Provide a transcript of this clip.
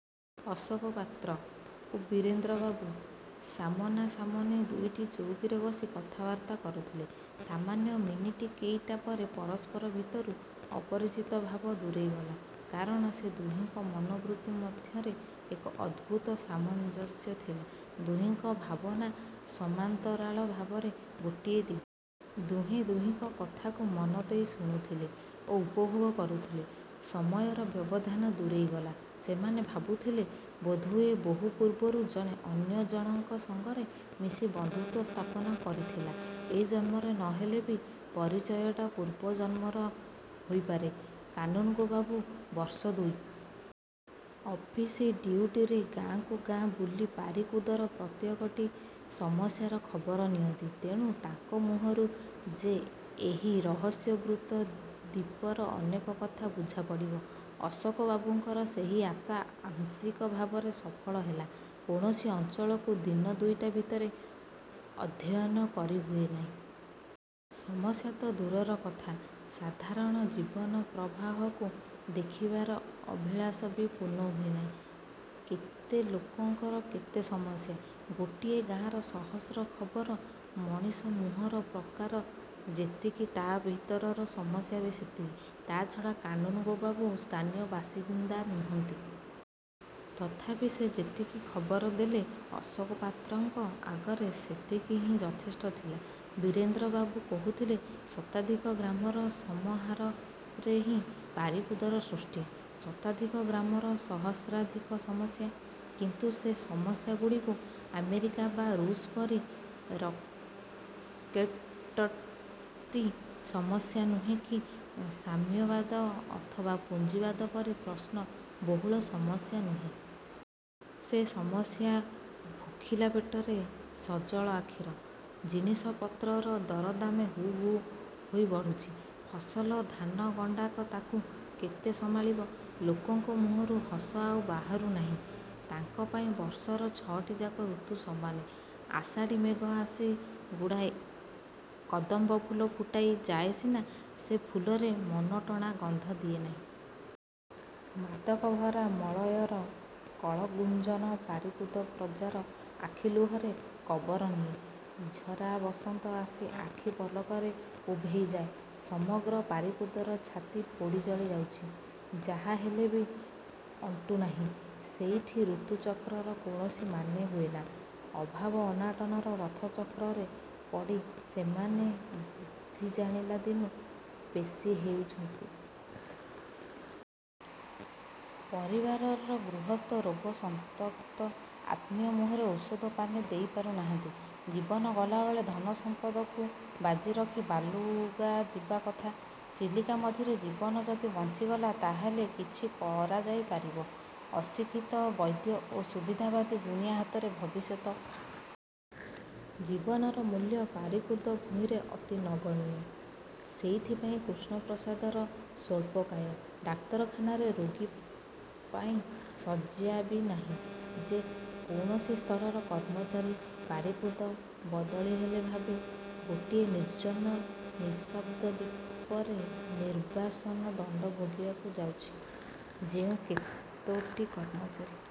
ଅଶୋକ ପାତ୍ର ଓ ବୀରେନ୍ଦ୍ର ବାବୁ ସାମନା ସାମନି ଦୁଇଟି ଚୌକିରେ ବସି କଥାବାର୍ତ୍ତା କରୁଥିଲେ। ସାମାନ୍ୟ ମିନିଟ୍ କେଇଟା ପରେ ପରସ୍ପର ଭିତରୁ ଅପରିଚିତ ଭାବ ଦୂରେଇ ଗଲା। କାରଣ ସେ ଦୁହିଙ୍କ ମନୋବୃତ୍ତି ମଧ୍ୟରେ ଏକ ଅଦ୍ଭୁତ ସାମଞ୍ଜସ୍ୟ ଥିଲା। ଦୁହିଙ୍କ ଭାବନା ସମାନ୍ତରାଳ ଭାବରେ ଗୋଟିଏ ଦିଗକୁ ବୋହି ଯାଉଥିଲା। ଦୁହେଁ ଦୁହିଙ୍କ କଥାକୁ ମନଦେଇ ଶୁଣୁଥିଲେ ଓ ଉପଭୋଗ କରୁଥିଲେ। ସମୟର ବ୍ୟବଧାନ ଦୂରେଇ ଗଲା। ସେମାନେ ଭାବୁଥିଲେ, ବୋଧହୁଏ ବହୁପୂର୍ବରୁ ଜଣେ ଅନ୍ୟଜଣଙ୍କ ସଙ୍ଗରେ ମିଶି ବନ୍ଧୁତ୍ୱ ସ୍ଥାପନ କରିଥିଲା। ଏ ଜନ୍ମରେ ନହେଲେ ବି ପରିଚୟଟା ପୂର୍ବଜନ୍ମର ହୋଇପାରେ। କାନୁନ୍ଗୋ ବାବୁ ବର୍ଷ ଦୁଇଟା ଭିତରେ ସମୁଦାୟ ପାରିକୁଦର ଖବର ସଂଗ୍ରହ କରିଛନ୍ତି-। ଅଫିସ୍ଡ୍ୟୁଟିରେ ଗାଁକୁ ଗାଁ ବୁଲି ପାରିକୁଦର ପ୍ରତ୍ୟେକଟି ସମସ୍ୟାର ଖବର ନିଅନ୍ତି। ତେଣୁ ତାଙ୍କ ମୁହଁରୁ ଯେ ଏହି ରହସ୍ୟାବୃତ୍ତ ଦ୍ୱୀପର ଅନେକ କଥା ବୁଝା ପଡ଼ିବ, ଅଶୋକ ବାବୁଙ୍କର ସେହି ଆଶା ଆଂଶିକ ଭାବରେ ସଫଳ ହେଲା। କୌଣସି ଅଞ୍ଚଳକୁ ଦିନ ଦୁଇଟା ଭିତରେ ଅଧ୍ୟୟନ କରି ହୁଏନାହିଁ। ସମସ୍ୟାତ ଦୂରର କଥା, ସାଧାରଣ ଜୀବନ ପ୍ରବାହକୁ ଦେଖିବାର ଅଭିଳାଷ ବି ପୂର୍ଣ୍ଣ ହୁଏନାହିଁ। କେତେ ଲୋକଙ୍କର କେତେ ସମସ୍ୟା! ଗୋଟିଏ ଗାଁର ସହସ୍ର ଖବର। ମଣିଷ ମୁହଁର ପ୍ରକାର ଯେତିକି ତା ଭିତରର ସମସ୍ୟା ବି ସେତିକି। ତା'ଛଡ଼ା କାନୁନ୍ଗୋ ବାବୁ ସ୍ଥାନୀୟ ବାସିନ୍ଦା ନୁହଁନ୍ତି। ତଥାପି ସେ ଯେତିକି ଖବର ଦେଲେ ଅଶୋକ ପାତ୍ରଙ୍କ ଆଗରେ ସେତିକି ହିଁ ଯଥେଷ୍ଟ ଥିଲା। ବୀରେନ୍ଦ୍ରବାବୁ କହୁଥିଲେ, ଶତାଧିକ ଗ୍ରାମର ସମହାରରେହିଁ ପାରିକୁଦର ସୃଷ୍ଟି। ଶତାଧିକ ଗ୍ରାମର ସହସ୍ରାଧିକ ସମସ୍ୟା। କିନ୍ତୁ ସେ ସମସ୍ୟାଗୁଡ଼ିକ ଆମେରିକା ବା ରୁଷ ପରି ରକେଟ୍ଗତି ସମସ୍ୟା ନୁହେ କି ସାମ୍ୟବାଦ ଅଥବା ପୁଞ୍ଜିବାଦ ପରି ପ୍ରଶ୍ନ-ବହୁଳ ସମସ୍ୟା ନୁହେ। ସେ ସମସ୍ୟା ଭୋଖିଲା ପେଟର, ସଜଳ ଆଖିର। ଜିନିଷପତ୍ରର ଦରଦାମ ହୁ ହୁ ହୋଇ ବଢ଼ୁଛି। ଫସଲ ଧାନ ଗଣ୍ଡାକ ତାକୁ କେତେ ସମ୍ଭାଳିବ? ଲୋକଙ୍କ ମୁହଁରୁ ହସ ଆଉ ବାହୁରୁ ନାହିଁ। ତାଙ୍କ ପାଇଁ ବର୍ଷର ଛଅଟିଯାକ ଋତୁ ସମାନ। ଆଷାଢ଼ୀ ମେଘ ଆସି ଗୁଡ଼ାଏ କଦମ୍ବ ଫୁଲ ଫୁଟାଇ ଯାଏ ସିନା, ସେ ଫୁଲରେ ମନଟଣା ଗନ୍ଧ ଦିଏ ନାହିଁ। ମାଦକ ଭରା ମଳୟର କଳଗୁଞ୍ଜନ ପାରିକୁଦ ପ୍ରଜାର ଆଖି ଲୁହରେ କବର ନିଏ। ଝରା ବସନ୍ତ ଆସି ଆଖି ପଲକରେ ଉଭେଇ ଯାଏ। ସମଗ୍ର ପାରିକୁଦର ଛାତି ପୋଡ଼ିଜଳି ଯାଉଛି। ଯାହା ହେଲେ ବି ଅଣ୍ଟୁ ନାହିଁ। ସେଇଠି ଋତୁଚକ୍ରର କୌଣସି ମାନେ ହୁଏନାଁ। ଅଭାବ, ଅନାଟନର ରଥଚକ୍ରରେ ପଡ଼ି ସେମାନେ ବୁଦ୍ଧି ଜାଣିଲା ଦିନୁ ପେଷି ହେଉଛନ୍ତି। ପରିବାରର ଗୃହସ୍ଥ ରୋଗ–ସନ୍ତପ୍ତ–ଆତ୍ମୀୟ ମୁହଁରେ ଔଷଧ ପାନେ ଦେଇପାରୁ ନାହାନ୍ତି। ଜୀବନ ଗଲାବେଳେ ଧନ ସମ୍ପଦକୁ ବାଜି ରଖି ବାଲୁଗାଁ ଯିବା କଥା। ଚିଲିକା ମଝିରେ ଜୀବନ ଯଦି ବଞ୍ଚିଗଲା, ତାହାହେଲେ କିଛି କରାଯାଇ ପାରିବ। ଅଶିକ୍ଷିତ ବୈଦ୍ୟ ଓ ସୁବିଧାବାଦୀ ଗୁଣିଆ ହାତରେ ଭବିଷ୍ୟତକୁ ବନ୍ଧା ରଖି କାଳିଜାଈର ଶରଣ ପଶିବା କଥା। ଜୀବନର ମୂଲ୍ୟ ପାରିକୁଦ ଭୂଇଁରେ ଅତି ନଗଣ୍ୟ। ସେଇଥିପାଇଁ କୃଷ୍ଣପ୍ରସାଦର ସ୍ୱଳ୍ପକାୟ ଡାକ୍ତରଖାନାରେ ରୋଗୀ ପାଇଁ ଶଯ୍ୟା ବି ନାହିଁ। ଯେ କୌଣସି ସ୍ତରର କର୍ମଚାରୀ, ପାରିକୁଦ ବଦଳି ହେଲେ ଭାବେ ଗୋଟିଏ ନିର୍ଜନ ନିଃଶବ୍ଦ ଦ୍ୱୀପରେ ନିର୍ବାସନ ଦଣ୍ଡ ଭୋଗିବାକୁ ଯାଉଛି। ଯେଉଁ କେତୋଟି କର୍ମଚାରୀ